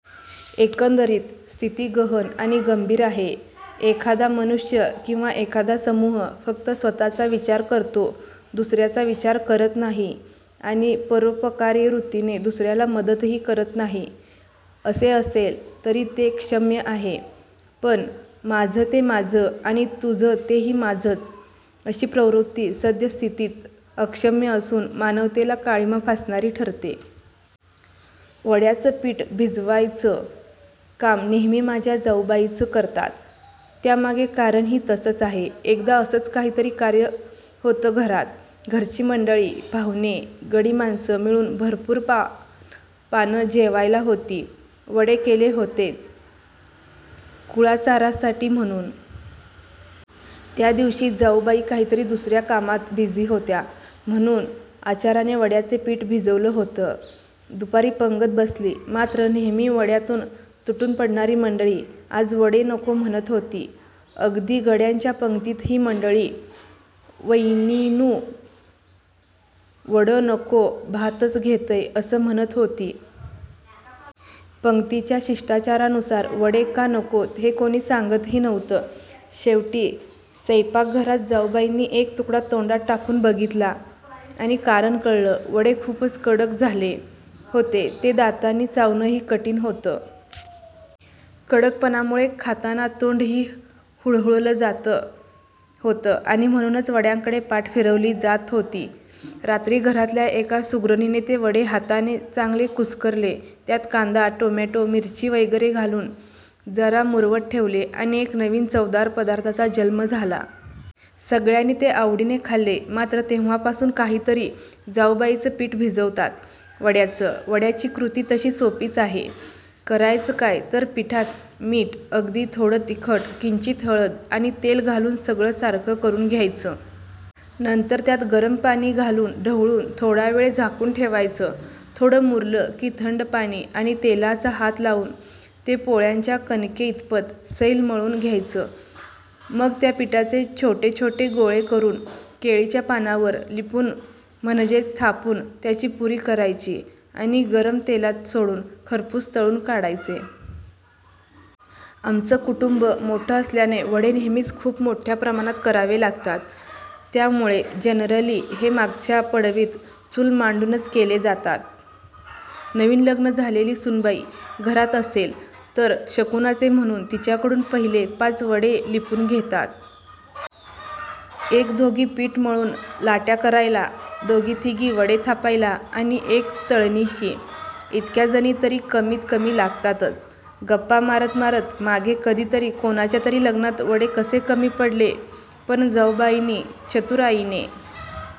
एकंदरीत स्थिती गहन आणि गंभीर आहे. एखादा मनुष्य किंवा एखादा समूह फक्त स्वतःचा विचार करतो, दुसऱ्याचा विचार करत नाही आणि परोपकारी वृत्तीने दुसऱ्याला मदतही करत नाही, असे असेल तरी ते क्षम्य आहे; पण "माझं ते माझं आणि तुझं तेही माझंच" अशी प्रवृत्ती सद्यस्थितीत अक्षम्य असून मानवतेला काळिमा फासणारी ठरते. वड्याचं पीठ भिजवायचं काम नेहमी माझ्या जाऊबाईच करतात. त्यामागे कारण ही तसंच आहे. एकदा असंच काहीतरी कार्य होतं घरात. घरची मंडळी, पाव्हणे, गडी माणसं मिळून भरपूर पानं जेवायला होती. वडे केले होतेच कुळाचारासाठी म्हणून. त्या दिवशी जाऊबाई काहीतरी दुसऱ्या कामात बिझी होत्या म्हणून आचाऱ्याने वड्याचं पीठ भिजवलं होतं. दुपारी पंगत बसली. मात्र नेहमी वड्यांवर तुटून पडणारी मंडळी आज वडे नको म्हणत होती. अगदी गड्यांच्या पंगतीत ही मंडळी " वैनीनू, वडो नको, भातचं घेतंय " असंच म्हणत होती. पंगतीच्या शिष्टाचारा नुसार वडे का नकोत हे कोणी सांगत ही नव्हतं. शेवटी सैपाकघरात जाऊबाईंनी एक तुकडा तोंडात टाकून बघितला आणि कारण कळलं. वडे खूपच कडक झाले होते. ते दातांनी चावण ही कठीण होत. कडकपणामुळे खाताना तोंड ही हुळहुळलं जात होतं आणि म्हणूनच वड्यांकडे पाठ फिरवली जात होती. रात्री घरातल्या एका सुगरणीने ते वडे हाताने चांगले कुस्करले. त्यात कांदा टोमॅटो मिरची वैगेरे घालून जरा मुरवत ठेवले आणि एका नवीन चवदार पदार्थाचा जन्म झाला. सगळ्यांनी ते आवडीने खाल्ले. मात्र तेव्हापासून काही झालं तरी जाऊबाईच पीठ भिजवतात वड्याचं. वड्याची कृती तशी सोपीच आहे. करायचं काय तर पिठात मीठ, अगदी थोडं तिखट, किंचित हळद आणि तेल घालून सगळं सारखं करून घ्यायचं. नंतर त्यात गरम पाणी घालून ढवळून थोडा वेळ झाकून ठेवायचं. थोडं मुरलं की थंड पाणी आणि तेलाचा हात लावून ते पोळ्यांच्या कणके इतपत सैल मळून घ्यायचं. मग त्या पिठाचे छोटे छोटे गोळे करून केळीच्या पानावर लिपुन म्हणजेच थापून त्याची पुरी करायची आणि गरम तेलात सोडून खरपूस तळून काढायचे. आमचं कुटुंब मोठं असल्याने वडे नेहमीच खूप मोठया प्रमाणात करावे लागतात. त्यामुळे जनरली हे मागच्या पडवीत चूल मांडूनच केले जातात. नवीन लग्न झालेली सुनबाई घरात असेल तर शकुनाचे म्हणून तिच्याकडून पहिले पाच वडे लिपुन घेतात. एक दोघी पीठ मळून लाट्या करायला, दोघी तिघी वडे थापायला आणि एक तळणीशी इतक्या जणी तरी कमीत कमी लागतातच. गप्पा मारत मारत मागे कधीतरी कोणाच्या तरी लग्नात वडे कसे कमी पडले पण जाऊबाईंनी चतुराईने